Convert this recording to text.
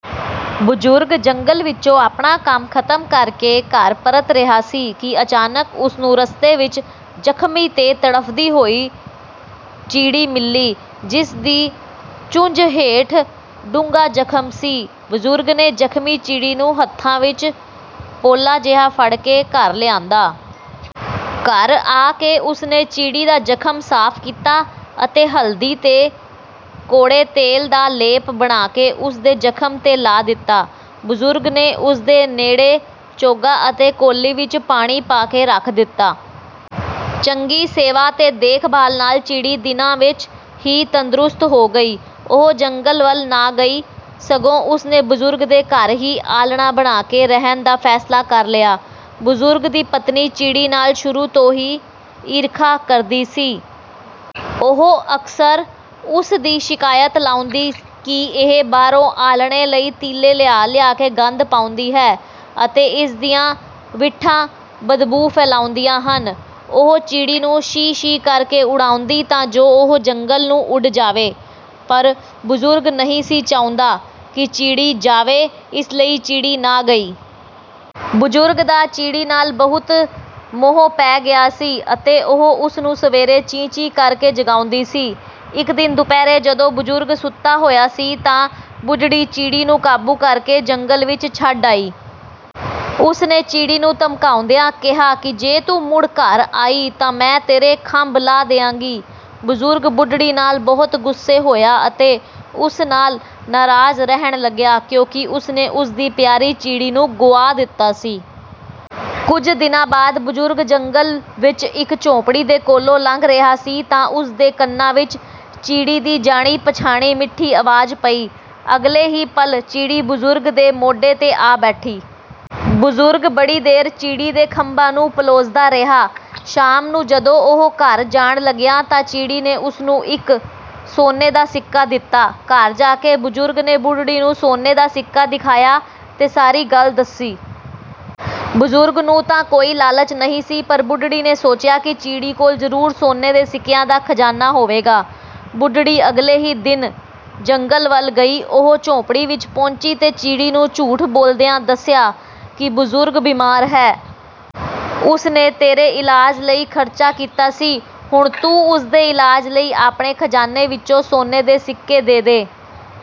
ਬਜ਼ੁਰਗ ਜੰਗਲ ਵਿੱਚੋਂ ਆਪਣਾ ਕੰਮ ਖ਼ਤਮ ਕਰ ਕੇ ਘਰ ਪਰਤ ਰਿਹਾ ਸੀ ਕਿ ਅਚਾਨਕ ਉਸ ਨੂੰ ਰਸਤੇ ਵਿੱਚ ਜ਼ਖ਼ਮੀ ਤੇ ਤੜਫਦੀ ਹੋਈ ਚਿੜੀ ਮਿਲੀ, ਜਿਸ ਦੀ ਚੁੰਝ ਹੇਠ ਡੂੰਘਾ ਜ਼ਖ਼ਮ ਸੀ। ਬਜ਼ੁਰਗ ਨੇ ਜ਼ਖ਼ਮੀ ਚਿੜੀ ਨੂੰ ਹੱਥਾਂ ਵਿੱਚ ਪੋਲਾ ਜਿਹਾ ਫੜ ਕੇ ਘਰ ਲਿਆਂਦਾ। ਘਰ ਆ ਕੇ ਉਸ ਨੇ ਚਿੜੀ ਦਾ ਜ਼ਖ਼ਮ ਸਾਫ਼ ਕੀਤਾ ਅਤੇ ਹਲਦੀ ਤੇ ਕੌੜੇ ਤੇਲ ਦਾ ਲੇਪ ਬਣਾ ਕੇ ਉਸ ਦੇ ਜ਼ਖ਼ਮ 'ਤੇ ਲਾ ਦਿੱਤਾ। ਬਜ਼ੁਰਗ ਨੇ ਉਸ ਦੇ ਨੇੜੇ ਚੋਗਾ ਅਤੇ ਕੌਲੀ ਵਿੱਚ ਪਾਣੀ ਪਾ ਕੇ ਰੱਖ ਦਿੱਤਾ। ਚੰਗੀ ਸੇਵਾ ਤੇ ਦੇਖ-ਭਾਲ ਨਾਲ ਚਿੜੀ ਦਿਨਾਂ ਵਿੱਚ ਹੀ ਤੰਦਰੁਸਤ ਹੋ ਗਈ। ਉਹ ਜੰਗਲ ਵੱਲ ਨਾ ਗਈ, ਸਗੋਂ ਉਸ ਨੇ ਬਜ਼ੁਰਗ ਦੇ ਘਰ ਹੀ ਆਲ੍ਹਣਾ ਬਣਾ ਕੇ ਰਹਿਣ ਦਾ ਫ਼ੈਸਲਾ ਕਰ ਲਿਆ। ਬਜ਼ੁਰਗ ਦੀ ਪਤਨੀ ਚਿੜੀ ਨਾਲ ਸ਼ੁਰੂ ਤੋਂ ਹੀ ਈਰਖ਼ਾ ਕਰਦੀ ਸੀ। ਉਹ ਅਕਸਰ ਉਸ ਦੀ ਸ਼ਿਕਾਇਤ ਲਾਉਂਦੀ ਕਿ ਇਹ ਬਾਹਰੋਂ ਆਲ੍ਹਣੇ ਲਈ ਤੀਲੇ ਲਿਆ-ਲਿਆ ਕੇ ਗੰਦ ਪਾਉਂਦੀ ਹੈ ਅਤੇ ਇਸ ਦੀਆਂ ਵਿੱਠਾਂ ਬਦਬੂ ਫੈਲਾਉਂਦੀਆਂ ਹਨ। ਉਹ ਚਿੜੀ ਨੂੰ 'ਸ਼ੀ-ਸ਼ੀ' ਕਰ ਕੇ ਉਡਾਉਂਦੀ ਤਾਂ ਜੋ ਉਹ ਜੰਗਲ ਨੂੰ ਉੱਡ ਜਾਵੇ, ਪਰ ਬਜ਼ੁਰਗ ਨਹੀਂ ਸੀ ਚਾਹੁੰਦਾ ਕਿ ਚਿੜੀ ਜਾਵੇ, ਇਸ ਲਈ ਚਿੜੀ ਨਾ ਗਈ। ਬਜ਼ੁਰਗ ਦਾ ਚਿੜੀ ਨਾਲ ਬਹੁਤ ਮੋਹ ਪੈ ਗਿਆ ਸੀ ਅਤੇ ਉਹ ਉਸ ਨੂੰ ਸਵੇਰੇ 'ਚੀਂ-ਚੀਂ' ਕਰ ਕੇ ਜਗਾਉਂਦੀ ਸੀ। ਇੱਕ ਦਿਨ ਦੁਪਹਿਰੇ ਜਦੋਂ ਬਜ਼ੁਰਗ ਸੁੱਤਾ ਹੋਇਆ ਸੀ, ਤਾਂ ਬੁੱਢੜੀ ਚਿੜੀ ਨੂੰ ਕਾਬੂ ਕਰ ਕੇ ਜੰਗਲ ਵਿੱਚ ਛੱਡ ਆਈ। ਉਸ ਨੇ ਚਿੜੀ ਨੂੰ ਧਮਕਾਉਂਦਿਆਂ ਕਿਹਾ ਕਿ ਜੇ ਤੂੰ ਮੁੜ ਘਰ ਆਈ ਤਾਂ ਮੈਂ ਤੇਰੇ ਖੰਭ ਲਾਹ ਦਿਆਂਗੀ। ਬਜ਼ੁਰਗ ਬੁੱਢੜੀ ਨਾਲ ਬਹੁਤ ਗੁੱਸੇ ਹੋਇਆ ਅਤੇ ਉਸ ਨਾਲ ਨਾਰਾਜ਼ ਰਹਿਣ ਲੱਗਿਆ, ਕਿਉਂਕਿ ਉਸ ਨੇ ਉਸ ਦੀ ਪਿਆਰੀ ਚਿੜੀ ਨੂੰ ਗੁਆ ਦਿੱਤਾ ਸੀ। ਕੁਝ ਦਿਨਾਂ ਬਾਅਦ, ਬਜ਼ੁਰਗ ਜੰਗਲ ਵਿੱਚ ਇੱਕ ਝੌਂਪੜੀ ਦੇ ਕੋਲੋਂ ਲੰਘ ਰਿਹਾ ਸੀ ਤਾਂ ਉਸ ਦੇ ਕੰਨਾਂ ਵਿੱਚ ਚਿੜੀ ਦੀ ਜਾਣੀ-ਪਛਾਣੀ ਮਿੱਠੀ ਆਵਾਜ਼ ਪਈ। ਅਗਲੇ ਹੀ ਪਲ਼ ਚਿੜੀ ਬਜ਼ੁਰਗ ਦੇ ਮੋਢੇ 'ਤੇ ਆ ਬੈਠੀ। ਬਜ਼ੁਰਗ ਬੜੀ ਦੇਰ ਚਿੜੀ ਦੇ ਖੰਭਾਂ ਨੂੰ ਪਲੋਸਦਾ ਰਿਹਾ। ਸ਼ਾਮ ਨੂੰ ਜਦੋਂ ਉਹ ਘਰ ਜਾਣ ਲੱਗਿਆ ਤਾਂ ਚਿੜੀ ਨੇ ਉਸ ਨੂੰ ਇੱਕ ਸੋਨੇ ਦਾ ਸਿੱਕਾ ਦਿੱਤਾ। ਘਰ ਜਾ ਕੇ ਬਜ਼ੁਰਗ ਨੇ ਬੁੱਢੜੀ ਨੂੰ ਸੋਨੇ ਦਾ ਸਿੱਕਾ ਦਿਖਾਇਆ ਤੇ ਸਾਰੀ ਗੱਲ ਦੱਸੀ। ਬਜ਼ੁਰਗ ਨੂੰ ਤਾਂ ਕੋਈ ਲਾਲਚ ਨਹੀਂ ਸੀ, ਪਰ ਬੁੱਢੜੀ ਨੇ ਸੋਚਿਆ ਕਿ ਚਿੜੀ ਕੋਲ ਜ਼ਰੂਰ ਸੋਨੇ ਦੇ ਸਿੱਕਿਆਂ ਦਾ ਖ਼ਜ਼ਾਨਾ ਹੋਵੇਗਾ। ਬੁੱਢੜੀ ਅਗਲੇ ਹੀ ਦਿਨ ਜੰਗਲ ਵੱਲ ਗਈ। ਉਹ ਝੌਂਪੜੀ ਵਿੱਚ ਪਹੁੰਚੀ ਤੇ ਚਿੜੀ ਨੂੰ ਝੂਠ ਬੋਲਦਿਆਂ ਦੱਸਿਆ ਕਿ ਬਜ਼ੁਰਗ ਬੀਮਾਰ ਹੈ। ਉਸ ਨੇ ਤੇਰੇ ਇਲਾਜ ਲਈ ਖ਼ਰਚਾ ਕੀਤਾ ਸੀ, ਹੁਣ ਤੂੰ ਉਸ ਦੇ ਇਲਾਜ ਲਈ ਆਪਣੇ ਖ਼ਜ਼ਾਨੇ ਵਿੱਚੋਂ ਸੋਨੇ ਦੇ ਸਿੱਕੇ ਦੇ ਦੇ।